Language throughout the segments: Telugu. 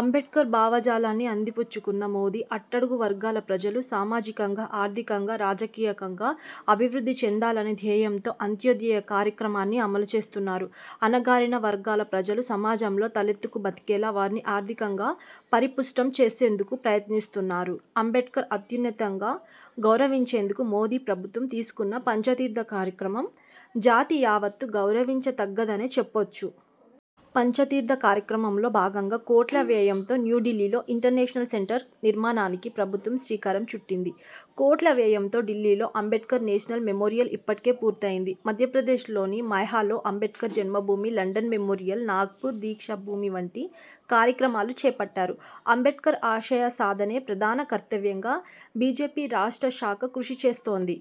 అంబేడ్కర్ భావజాలాన్ని అందిపుచ్చుకున్న మోదీ, అట్టడుగు వర్గాల ప్రజలు సామాజికంగా, ఆర్థికంగా, రాజకీయకంగా అభివృద్ధి చెందాలనే ధ్యేయంతో అంత్యోదయ కార్యక్రమాన్ని అమలు చేస్తున్నారు. అణగారిన వర్గాల ప్రజలు సమాజంలో తలెత్తుకు బతికేలా వారిని ఆర్థికంగా పరిపుష్టం చేసేందుకు ప్రయత్నిస్తున్నారు. అంబేడ్కర్ను అత్యున్నతంగా గౌరవించేందుకు మోదీ ప్రభుత్వం తీసుకున్న పంచతీర్థ కార్యక్రమం జాతి యావత్తు గర్వించతగ్గదనే చెప్పొచ్చు. పంచతీర్థ కార్యక్రమంలో భాగంగా కోట్ల వ్యయంతో న్యూఢిల్లీలో ఇంటర్నేషనల్ సెంటర్ నిర్మాణానికి ప్రభుత్వం శ్రీకారం చుట్టింది. కోట్ల వ్యయంతో ఢిల్లీలో అంబేడ్కర్ నేషనల్ మెమోరియల్ ఇప్పటికే పూర్తయ్యింది. మధ్యప్రదేశ్లోని మైహాలో అంబేడ్కర్ జన్మభూమి, లండన్ మెమోరియల్, నాగ్పూర్ దీక్షా భూమి వంటి కార్యక్రమాలు చేపట్టారు. అంబేడ్కర్ ఆశయ సాధనే ప్రధాన కర్తవ్యంగా బీజేపీ రాష్ట్ర శాఖ కృషిచేస్తోంది.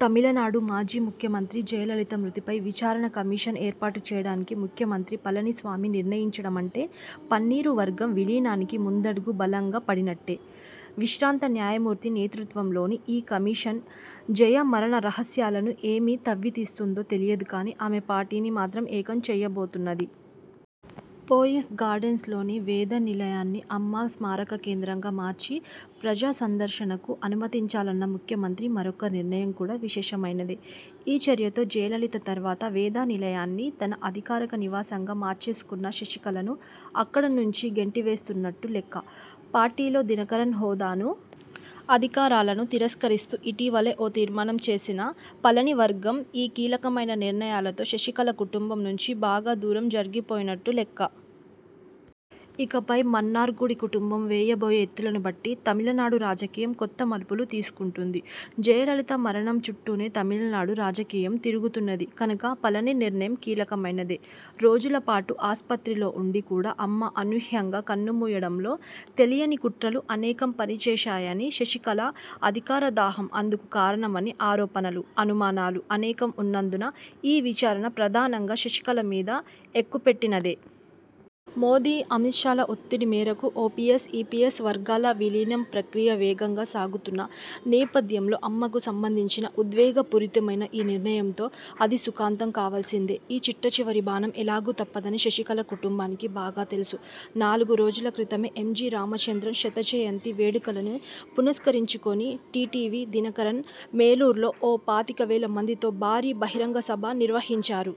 తమిళనాడు మాజీ ముఖ్యమంత్రి జయలలిత మృతిపై విచారణ కమిషన్ ఏర్పాటు చేయడానికి ముఖ్యమంత్రి పళనిస్వామి నిర్ణయించడమంటే, పన్నీరు వర్గం విలీనానికి ముందడుగు బలంగా పడినట్టే. విశ్రాంత న్యాయమూర్తి నేతృత్వంలోని ఈ కమిషన్, జయ మరణ రహస్యాలను ఏమి తవ్వితీస్తుందో తెలియదు కానీ, ఆమె పార్టీని మాత్రం ఏకం చేయబోతున్నది. పోయిస్ గార్డెన్స్లోని వేదనిలయాన్ని అమ్మ స్మారక కేంద్రంగా మార్చి ప్రజాసందర్శనకు అనుమతించాలన్న ముఖ్యమంత్రి మరొక నిర్ణయం కూడా విశేషమైనదే. ఈ చర్యతో జయలలిత తరువాత వేదనిలయాన్ని తన అధికారిక నివాసంగా మార్చేసుకున్న శశికళను అక్కడ నుంచి గెంటివేస్తున్నట్టు లెక్క. పార్టీలో దినకరన్ హోదానూ, అధికారాలను తిరస్కరిస్తూ ఇటీవలే ఓ తీర్మానం చేసిన పళనివర్గం, ఈ కీలకమైన నిర్ణయాలతో శశికళ కుటుంబం నుంచి బాగా దూరం జరిగిపోయినట్టు లెక్క. ఇకపై మన్నార్గుడి కుటుంబం వేయబోయే ఎత్తులను బట్టి తమిళనాడు రాజకీయం కొత్త మలుపులు తీసుకుంటుంది. జయలలిత మరణం చుట్టూనే తమిళనాడు రాజకీయం తిరుగుతున్నది కనుక పళని నిర్ణయం కీలకమైనదే. రోజుల పాటు ఆసుపత్రిలో ఉండి కూడా, అమ్మ అనూహ్యంగా కన్నుమూయడంలో తెలియని కుట్రలు అనేకం పనిచేశాయని, శశికళ అధికారదాహం అందుకు కారణమని ఆరోపణలు, అనుమానాలు అనేకం ఉన్నందున ఈ విచారణ ప్రధానంగా శశికళ మీద ఎక్కుపెట్టినదే. మోదీ–అమిత్షాల ఒత్తిడిమేరకు ఓపీఎస్, ఈపీఎస్ వర్గాల విలీనం ప్రక్రియ వేగంగా సాగుతున్న నేపథ్యంలో, అమ్మకు సంబంధించిన ఉద్వేగపూరితమైన ఈ నిర్ణయంతో అది సుఖాంతం కావాల్సిందే. ఈ చిట్టచివరి బాణం ఎలాగూ తప్పదని శశికళ కుటుంబానికి కూడా తెలుసు. నాలుగురోజుల క్రితమే ఎంజీ రామచంద్రన్ శతజయంతి వేడుకలను పురస్కరించుకొని టీటీవీ దినకరన్ మేలూర్లో ఓ పాతికవేలమందితో భారీ బహిరంగ సభ నిర్వహించారు.